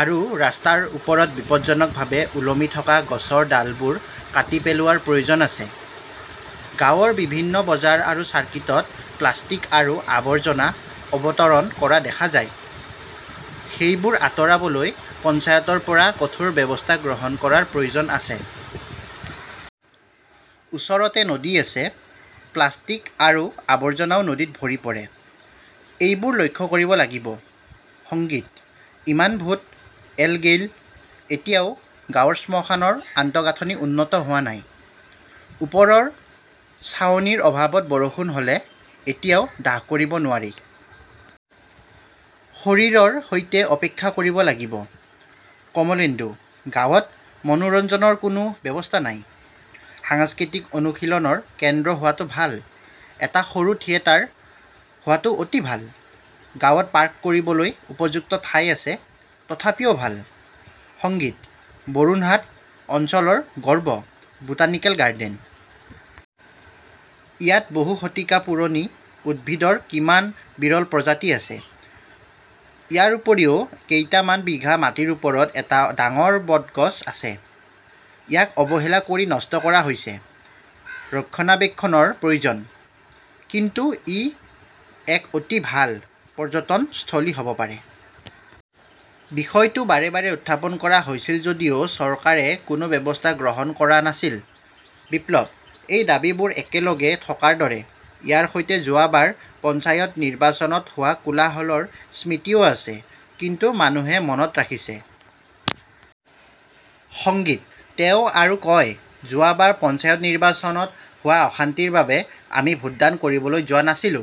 আৰু ৰাস্তাৰ ওপৰত বিপদজনকভাৱে ওলমি থকা গছৰ ডালবোৰ কাটি পেলোৱাৰ প্ৰয়োজন আছে। গাঁৱৰ বিভিন্ন বজাৰ আৰু চাৰ্কিটত প্লাষ্টিক আৰু আৱৰ্জনা অৱতৰণ কৰা দেখা যায়। সেইবোৰ আঁতৰাবলৈ পঞ্চায়তৰ পৰা কঠোৰ ব্যৱস্থা গ্ৰহণ কৰাৰ প্ৰয়োজন আছে। ওচৰতে নদী আছে। প্লাষ্টিক্স আৰু আৱৰ্জনাও নদীত ভৰি পৰে। এইবোৰ লক্ষ্য কৰিব লাগিব। সঙ্গীতঃ ইমান ভোট এল-গেইল, এতিয়াও গাঁৱৰ শ্মশানৰ আন্তঃগাঁথনি উন্নত হোৱা নাই। ওপৰৰ ছাউনিৰ অভাৱত বৰষুণ হ "লে এতিয়াও দাহ কৰিব নোৱাৰি। শৰীৰৰ সৈতে অপেক্ষা কৰিব লাগিব। কমলেন্দুঃ গাঁৱত মনোৰঞ্জনৰ কোনো ব্যৱস্থা নাই। সাংস্কৃতিক অনুশীলনৰ কেন্দ্ৰ হোৱাটো ভাল। এটা সৰু থিয়েটাৰ হোৱাটো অতি ভাল। গাঁৱত পাৰ্ক কৰিবলৈ উপযুক্ত ঠাই আছে, তথাপিও ভাল। সংগীতঃ বৰুণহাট অঞ্চলৰ গৰ্ব বোটানিকেল গাৰ্ডেন। ইয়াত বহু শতিকা পুৰণি উদ্ভিদৰ কিমান বিৰল প্ৰজাতি আছে। ইয়াৰ উপৰিও কেইটামান বিঘা মাটিৰ ওপৰত এটা ডাঙৰ বট গছ আছে। ইয়াক অৱহেলা কৰি নষ্ট কৰা হৈছে। ৰক্ষণাবেক্ষণৰ প্ৰয়োজন। কিন্তু ই এক অতি ভাল পৰ্যটনস্থলী হ "ব পাৰে। বিষয়টো বাৰে বাৰে উত্থাপন কৰা হৈছিল যদিও চৰকাৰে কোনো ব্যৱস্থা গ্ৰহণ কৰা নাছিল। বিপ্লৱঃ এই দাবীবোৰ একেলগে থকাৰ দৰে, ইয়াৰ সৈতে যোৱা বাৰ পঞ্চায়ত নিৰ্বাচনত হোৱা কোলাহলৰ স্মৃতিও আছে কিন্তু মানুহে মনত ৰাখিছে। সঙ্গীতঃ তেওঁ আৰু কয়, যোৱা বাৰ পঞ্চায়ত নিৰ্বাচনত হোৱা অশান্তিৰ বাবে আমি ভোটদান কৰিবলৈ যোৱা নাছিলো।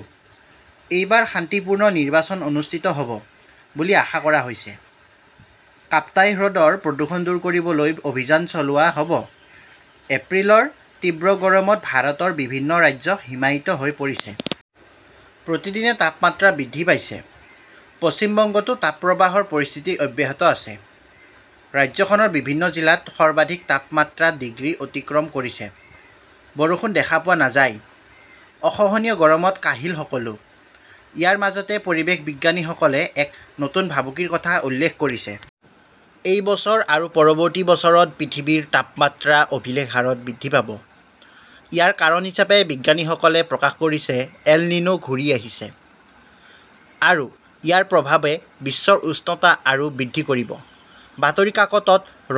এইবাৰ শান্তিপূৰ্ণ নিৰ্বাচন অনুষ্ঠিত হ "ব বুলি আশা কৰা হৈছে। কাপ্তাই হ্ৰদৰ প্ৰদূষণ দূৰ কৰিবলৈ অভিযান চলোৱা হ "ব" এপ্ৰিলৰ তীব্ৰ গৰমত ভাৰতৰ বিভিন্ন ৰাজ্য হিমায়িত হৈ পৰিছে। প্ৰতিদিনে তাপমাত্ৰা বৃদ্ধি পাইছে। পশ্চিম বংগতো তাপপ্ৰবাহৰ পৰিস্থিতি অব্যাহত আছে। ৰাজ্যখনৰ বিভিন্ন জিলাত সৰ্বাধিক তাপমাত্ৰা ডিগ্ৰী অতিক্ৰম কৰিছে। বৰষুণ দেখা পোৱা নাযায়। অসহনীয় গৰমত কাহিল সকলো। ইয়াৰ মাজতে পৰিৱেশ বিজ্ঞানীসকলে এক নতুন ভাবুকিৰ কথা উল্লেখ কৰিছে। এই বছৰ আৰু পৰৱৰ্তী বছৰত পৃথিৱীৰ তাপমাত্ৰা অভিলেখ হাৰত বৃদ্ধি পাব। ইয়াৰ কাৰণ হিচাপে বিজ্ঞানীসকলে প্ৰকাশ কৰিছে, 'এল নিনো "ঘূৰি আহিছে। আৰু ইয়াৰ প্ৰভাৱে বিশ্বৰ উষ্ণতা আৰু বৃদ্ধি কৰিব। বাতৰি কাকত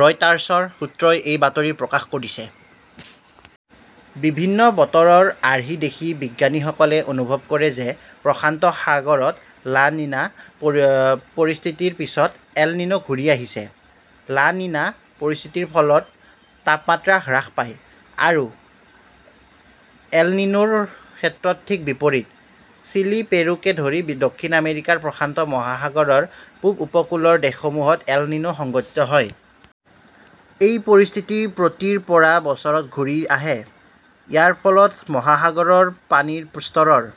ৰয়টাৰ্ছৰ সূত্ৰই এই বাতৰি প্ৰকাশ কৰিছে। বিভিন্ন বতৰৰ আৰ্হি দেখি বিজ্ঞানীসকলে অনুভৱ কৰে যে প্ৰশান্ত মহাসাগৰত লা নিনা পৰিস্থিতিৰ পিছত এল নিনো ঘূৰি আহিছে। লা নিনা পৰিস্থিতিৰ ফলত তাপমাত্ৰা হ্ৰাস পায়। আৰ 'এল নিনো' ৰ ক্ষেত্ৰত ঠিক বিপৰীত। চিলি, পেৰুকে ধৰি দক্ষিণ আমেৰিকাৰ প্ৰশান্ত মহাসাগৰৰ পূব উপকূলৰ দেশসমূহত 'এল নিনো "সংঘটিত হয়। এই পৰিস্থিতি প্ৰতি ৰ পৰা বছৰত ঘূৰি আহে। ইয়াৰ ফলত মহাসাগৰৰ পানীৰ স্তৰৰ